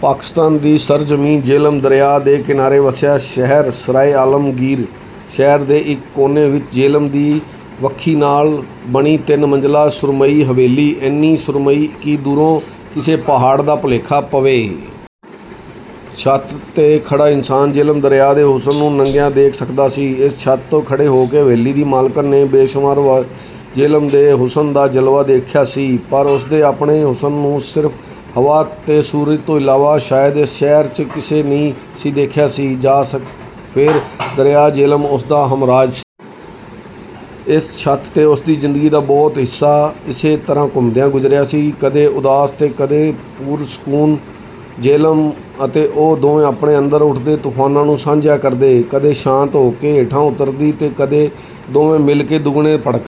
ਪਾਕਿਸਤਾਨ ਦੀ ਸਰਜ਼ਮੀਨ, ਜੇਹਲਮ ਦਰਿਆ ਦੇ ਕਿਨਾਰੇ ਵਸਿਆ ਸ਼ਹਿਰ 'ਸਰਾਏ ਆਲਮਗੀਰ'। ਸ਼ਹਿਰ ਦੇ ਇੱਕ ਕੋਨੇ ਵਿੱਚ ਜੇਹਲਮ ਦੀ ਵੱਖੀ ਨਾਲ ਬਣੀ ਤਿੰਨ ਮੰਜ਼ਿਲਾਂ ਸੁਰਮਈ ਹਵੇਲੀ, ਇੰਨੀ ਸ਼ੁਰਮਈ ਕਿ ਦੂਰੋ ਕਿਸੇ ਪਹਾੜ ਦਾ ਭੁੱਲੇਖਾ ਪਵੇ। ਛੱਤ ਤੇ ਖੜ੍ਹਾ ਇਨਸਾਨ ਜੇਹਲਮ ਦਰਿਆ ਦੇ ਹੁਸਨ ਨੂੰ ਨੰਗਿਆ ਦੇਖ ਸਕਦਾ ਸੀ। ਇਸ ਛੱਤ ਤੇ ਖੜ੍ਹੋ ਕੇ ਹਵੇਲੀ ਦੀ ਮਾਲਕਣ ਨੇ ਬੇਸ਼ੁਮਾਰ ਵਾਰੀ ਜੇਹਲਮ ਦੇ ਹੁਸਨ ਦਾ ਜਲਵਾ ਦੇਖਿਆ ਸੀ। ਪਰ ਉਸਦੇ ਆਪਣੇ ਹੁਸਨ ਨੂੰ ਸਿਰਫ ਹਵਾ ਤੇ ਸੂਰਜ ਤੋਂ ਇਲਾਵਾ ਸ਼ਾਇਦ ਇਸ ਸ਼ਹਿਰ, ਚ' ਕਿਸੇ ਨਹੀ ਸੀ ਦੇਖਿਆ ਸੀ ਜਾਂ ਫੇਰ ਦਰਿਆ ਜੇਹਲਮ ਉਸਦਾ ਹਮਰਾਜ਼ ਸੀ। ਇਸ ਛੱਤ ਤੇ ਉਸਦੀ ਜਿੰਦਗੀ ਦਾ ਬਹੁਤਾ ਹਿਸਾ ਇਸੇ ਤਰ੍ਹਾ ਘੁੰਮਦਿਆ ਗੁਜ਼ਰਿਆ ਸੀ। ਕਦੇ ਉਦਾਸ ਤੇ ਕਦੇ ਪੁਰਸਕੂਨ। ਜੇਹਲਮ ਅਤੇ ਉਹ ਦੋਵੇਂ ਆਪਣੇ ਅੰਦਰ ਉਠਦੇ ਤੂਫਾਨਾਂ ਨੂੰ ਸਾਂਝਿਆਂ ਕਰਦੇ। ਕਦੇ ਸ਼ਾਤ ਹੋ ਕੇ ਹੇਠਾਂ ਉਤਰਦੀ ਤੇ ਕਦੇ ਦੋਵੇ ਮਿਲ ਕੇ ਦੁੱਗਣੇ ਭੜਕਦੇ।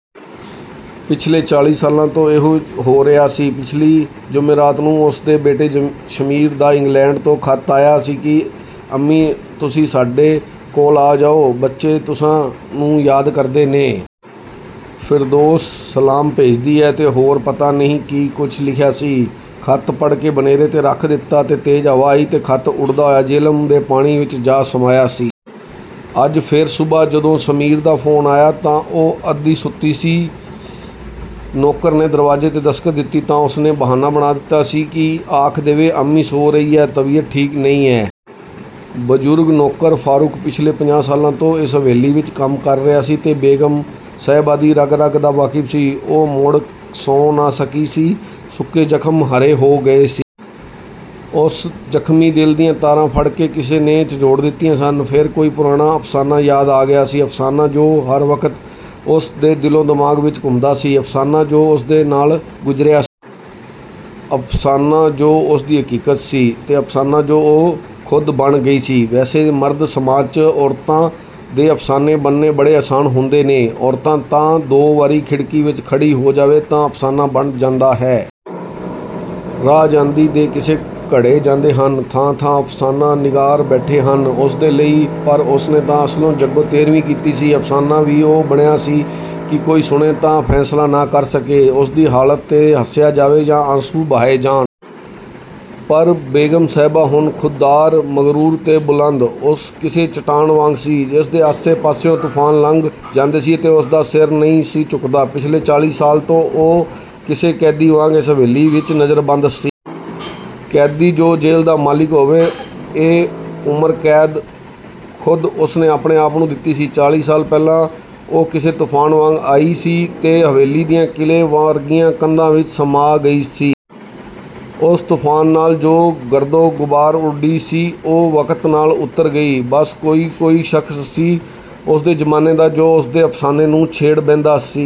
ਪਿਛਲੇ ਚਾਲ੍ਹੀ ਸਾਲਾਂ ਤੋਂ ਇਹੀ ਹੋ ਰਿਹਾ ਸੀ। ਪਿਛਲੀ ਜ਼ੁੰਮੇਰਾਤ ਨੂੰ ਉਸਦੇ ਬੇਟੇ ਸ਼ਮੀਰ ਦਾ ਇੰਗਲੈਡ ਤੋਂ ਖੱਤ ਆਇਆ ਸੀ ਕਿ 'ਅੰਮੀ ਤੁਸੀ ਸਾਡੇ ਕੋਲ ਆ ਜਾਉ। ਬੱਚੇ ਤੁਸਾਂ ਨੂੰ ਯਾਦ ਕਰਦੇ ਨੇ। ਫਿਰਦੋਸ਼ ਸਲਾਮ ਭੇਜਦੀ ਹੈ, ਤੇ ਹੋਰ ਪਤਾ ਨਹੀ ਕੀ ਕੁਛ ਲਿਖਿਆ ਸੀ। ਖੱਤ ਪੜ੍ਹਕੇ ਬਨੇਰੇ ਤੇ ਰੱਖ ਦਿਤਾ ਤੇ ਤੇਜ਼ ਹਵਾ ਆਈ ਤੇ ਖੱਤ ਉਡਦਾ ਹੋਇਆ ਜੇਹਲਮ ਦੇ ਪਾਣੀ, 'ਚ ਜਾ ਸਮਾਇਆ ਸੀ। ਅੱਜ ਫਿਰ ਸੁਬਹਾ ਜਦੋ ਸਮੀਰ ਦਾ ਫੋਨ ਆਇਆ, ਤਾਂ ਉਹ ਅੱਧ-ਸੁੱਤੀ ਸੀ। ਨੌਕਰ ਨੇ ਦਰਵਾਜ਼ੇ ਤੇ ਦਸਤਕ ਦਿਤੀ ਤਾਂ ਉਸਨੇ ਬਹਾਨਾਂ ਬਣਾ ਦਿਤਾ ਸੀ ਕਿ ਆਖ ਦੇਵੇ 'ਅੰਮੀ ਸੌਂ ਰਹੀ ਏ. ਤਬੀਅਤ ਠੀਕ ਨਹੀਂ ਏਂ। ਬਜ਼ੁਰਗ ਨੌਕਰ ਫਾਰੂਕ ਪਿਛਲੇ ਪੰਜਾਹ ਸਾਲਾਂ ਤੋਂ ਇਸ ਹਵੇਲੀ ਵਿੱਚ ਕੰਮ ਕਰ ਰਿਹਾ ਸੀ ਅਤੇ ਬੇਗਮ ਸਹਿਬਾ ਦੀ ਰਗ ਰਗ ਦਾ ਵਾਕਿਫ਼ ਸੀ। ਉਹ ਮੁੜ ਸੌਂ ਨਾ ਸਕੀ ਸੀ। ਸੁੱਕੇ ਜ਼ਖਮ ਹਰੇ ਹੋ ਗਏ ਸੀ। ਉਸਦੇ ਜ਼ਖਮੀ ਦਿਲ ਦੀਆ ਤਾਰਾਂ ਫੜ੍ਹਕੇ ਕਿਸੇ ਨੇ ਝੰਜੋੜ ਦਿਤੀਆ ਸਨ। ਫੇਰ ਕੋਈ ਪੁਰਾਣਾ ਅਫ਼ਸਾਨਾ ਯਾਦ ਆ ਗਿਆ ਸੀ। ਅਫ਼ਸਾਨਾ, ਜੋ ਹਰ ਵਕਤ ਉਸ ਦੇ ਦਿਲੋ-ਦਿਮਾਗ ਵਿੱਚ ਘੁੰਮਦਾ ਸੀ। ਅਫ਼ਸਾਨਾ, ਜੋ ਉਸਦੇ ਨਾਲ ਗੁਜ਼ਰਿਆ ਸੀ। ਅਫ਼ਸਾਨਾ, ਜੋ ਉਸਦੀ ਹਕੀਕਤ ਸੀ, ਤੇ ਅਫ਼ਸਾਨਾ ਜੋ ਉਹ ਖੁਦ ਬਣ ਗਈ ਸੀ। ਵੈਸੇ ਤੇ ਮਰਦ ਸਮਾਜ, ਚ' ਔਰਤਾ ਦੇ ਅਫ਼ਸਾਨੇ ਬਣਨੇ ਬੜੇ ਆਸਾਨ ਹੁੰਦੇ ਨੇ। ਔਰਤ ਤਾਂ ਦੋ ਵਾਰੀ ਖਿੜ੍ਹਕੀ ਵਿੱਚ ਖੜ੍ਹੀ ਹੋ ਜਾਵੇ ਤਾਂ ਅਫ਼ਸਾਨਾ ਬਣ ਜਾਂਦਾ ਹੈ। ਰਾਹ ਜਾਂਦੀ ਦੇ ਕਿੱਸੇ ਘੜੇ ਜਾਂਦੇ ਹਨ। ਥਾਂ ਥਾਂ ਅਫ਼ਸਾਨਾ-ਨਿਗਾਰ ਬੈਠੇ ਹਨ ਉਸ ਦੇ ਲਈ।…… ਪਰ ਉਸਨੇ ਤਾਂ ਅਸਲੋਂ ਜੱਗੋ ਤੇਰ੍ਹਵੀ ਕੀਤੀ ਸੀ। ਅਫ਼ਸਾਨਾ ਵੀ ਉਹ ਬਣਿਆ ਸੀ ਕਿ ਕੋਈ ਸੁਣੇ ਤਾਂ ਫੈਸਲਾ ਨਾ ਕਰ ਸਕੇ ਕਿ ਉਸਦੀ ਹਾਲਤ ਤੇ ਹੱਸਿਆ ਜਾਵੇ ਜਾਂ ਆਂਸੂ ਬਹਾਏ ਜਾਣ। ਪਰ ਬੇਗਮ ਸਾਹਿਬਾ ਹੁਣ ਖੁੱਦਾਰ, ਮਗਰੂਰ ਤੇ ਬੁਲੰਦ, ਉਹ ਕਿਸੇ ਚਟਾਨ ਵਾਂਗ ਸੀ। ਜਿਸ ਦੇ ਆਸੇ ਪਾਸਿਉ ਤੂਫਾਨ ਲੰਘ ਜਾਂਦੇ ਸੀ ਤੇ ਉਸਦਾ ਸਿਰ ਨਹੀਂ ਸੀ ਝੁਕਦਾ। ਪਿਛਲੇ ਚਾਲ੍ਹੀ ਸਾਲ ਤੋਂ ਉਹ ਕਿਸੇ ਕੈਦੀ ਵਾਂਗ ਇਸ ਹਵੇਲੀ ਵਿੱਚ ਨਜ਼ਰਬੰਦ ਸੀ। ਕੈਦੀ ਜੋ ਜੇਲ੍ਹ ਦਾ ਮਾਲਿਕ ਹੋਵੇ। ਇਹ ਉਮਰ ਕੈਦ ਖੁਦ ਉਸਨੇ ਆਪਣੇ ਆਪ ਨੂੰ ਦਿਤੀ ਸੀ। ਚਾਲ੍ਹੀ ਸਾਲ ਪਹਿਲਾ ਉਹ ਕਿਸੇ ਤੂਫਾਨ ਵਾਂਗ ਆਈ ਸੀ ਅਤੇ ਹਵੇਲੀ ਦੀਆ ਕਿਲ੍ਹੇ ਵਰਗੀਆ ਕੰਧਾਂ ਵਿੱਚ ਸਮਾਅ ਗਈ ਸੀ। ਉਸ ਤੂਫਾਨ ਨਾਲ ਜੋ ਗਰਦੋ-ਗੁਬਾਰ ਉਡੀ ਸੀ, ਉਹ ਵਕਤ ਨਾਲ ਉਤਰ ਗਈ। ਬੱਸ ਕੋਈ ਕੋਈ ਸਖਸ਼ ਸੀ, ਉਸਦੇ ਜ਼ਮਾਨੇ ਦਾ ਜੋ ਉਸਦੇ ਅਫ਼ਸਾਨੇ ਨੂੰ ਛੇੜ ਬਹਿੰਦਾ ਸੀ।